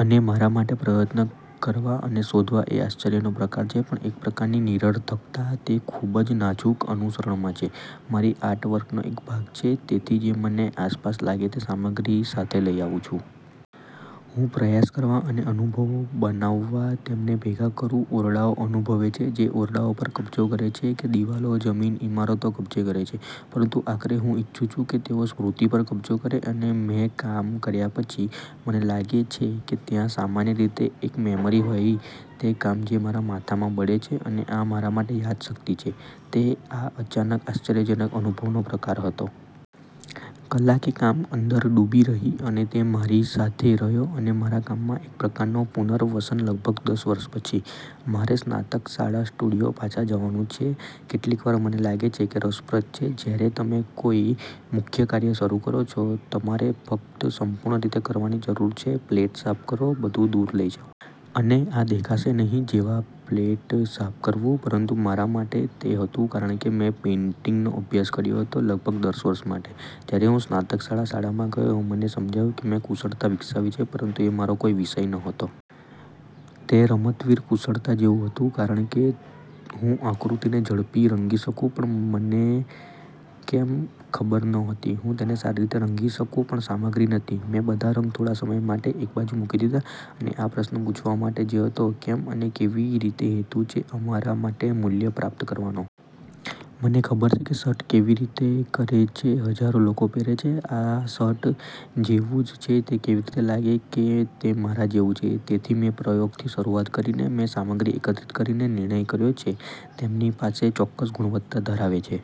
અને મારા માટે, પ્રયત્ન કરવા અને શોધવા એ આશ્ચર્યનો પ્રકાર છે, પણ એક પ્રકારની નિરર્થકતા તે ખૂબ જ નાજુક અનુસરણમાં છે, મારી આર્ટ વર્કનો એક ભાગ છે. તેથી જે મને આસપાસ લાગે તે સામગ્રી સાથે લઈ આવુ છું. હું પ્રયાસ કરવા અને અનુભવો બનાવવા તેમને ભેગા કરુ ઓરડાઓ અનુભવે છે જે ઓરડાઓ પર કબજો કરે છે, કે દિવાલો, જમીન, ઇમારતો કબજે કરે છે ,પરંતુ આખરે હું ઇચ્છું છું કે તેઓ સ્મૃતિ પર કબજો કરે અને મેં કામ કર્યા પછી, મને લાગે છે કે ત્યાં સામાન્ય રીતે એક મેમરી હોય તે કામ જે મારા માથામાં બળે છે અને આ મારા માટે યાદશક્તિ છે તે આ અચાનક આશ્ચર્યજનક અનુભવનો પ્રકાર હતો. કલા કે કામ અંદર ડૂબી રહી. અને તે મારી સાથે રહ્યો અને મારા કામમાં એક પ્રકારનો પુનર્વસન લગભગ દસ વર્ષ પછી. મારે સ્નાતકશાળા સ્ટુડિયો પાછા જવાનુ છે કેટલીકવાર મને લાગે છે કે રસપ્રદ છે જ્યારે તમે કોઈ મુખ્ય કાર્ય શરૂ કરો છો, તમારે ફક્ત સંપૂર્ણ રીતે કરવાની જરૂર છે પ્લેટ સાફ કરો, બધું દૂર લઈ જાઓ. અને આ દેખાશે નહીં જેવા પ્લેટ સાફ કરવું, પરંતુ મારા માટે, તે હતું કારણ કે મેં પેઇન્ટિંગનો અભ્યાસ કર્યો હતો લગભગ દસ વર્ષ માટે, જ્યારે હું સ્નાતકશાળા શાળામા ગયો મને સમજાયું કે મેં કુશળતા વિકસાવી છે, પરંતુ એ મારો કોઈ વિષય નહોતો. તે રમતવીર કુશળતા જેવું હતું, કારણ કે હું આકૃતિને ઝડપથી રંગી શકું, પણ મને કેમ ખબર નહોતી. હું તેને સારી રીતે રંગી શકુ પણ સામગ્રી નથી મેં બધા રંગ થોડા સમય એક બાજુ મૂકી દીધા અને આ પ્રશ્ન પૂછવા માટે, જે હતો કે "કેમ અને કેવી રીતે હેતુ છે અમારા માટે મૂલ્ય પ્રાપ્ત કરવાનો? " મને ખબર છે કે શર્ટ કેવી રીતે કરે છે હજારો લોકો પહેરે છે, આ શટૅ જેવું જ છે તે કેવી રીતે લાગે કે તે મારા જેવું છે? તેથી મેં તે પ્રયોગથી શરૂઆત કરી મેં સામગ્રી એકત્રિત કરીને નિર્ણય કર્યો જે તેમની પાસે ચોક્કસ ગુણવત્તા ધરાવે છે.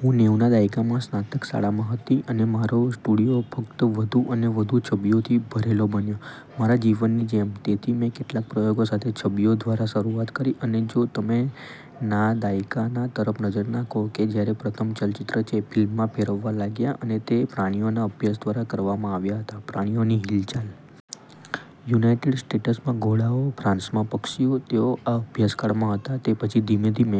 હું નેવુના દાયકામાં સ્નાતક શાળામાં હતી અને મારો સ્ટુડિયો ફક્ત વધુ અને વધુ છબીઓથી ભરેલો બન્યો, મારા જીવનની જેમ. તેથી મેં કેટલાક પ્રયોગો સાથે છબીઓ દ્વારા શરૂઆત કરી અને જો તમે ના દાયકા તરફ નજર નાખો, કે જ્યારે પ્રથમ ચલચિત્ર છે ફિલ્મમાં ફેરવવા લાગ્યા અને તે પ્રાણીઓના અભ્યાસ દ્વારા કરવામાં આવ્યા હતા પ્રાણીઓની હિલચાલ. યુનાઇટેડ સ્ટેટ્સમાં ઘોડાઓ, ફ્રાન્સમાં પક્ષીઓ. તેઓ આ ચળવળઅભ્યાસ માં હતા તે પછી ધીમે ધીમે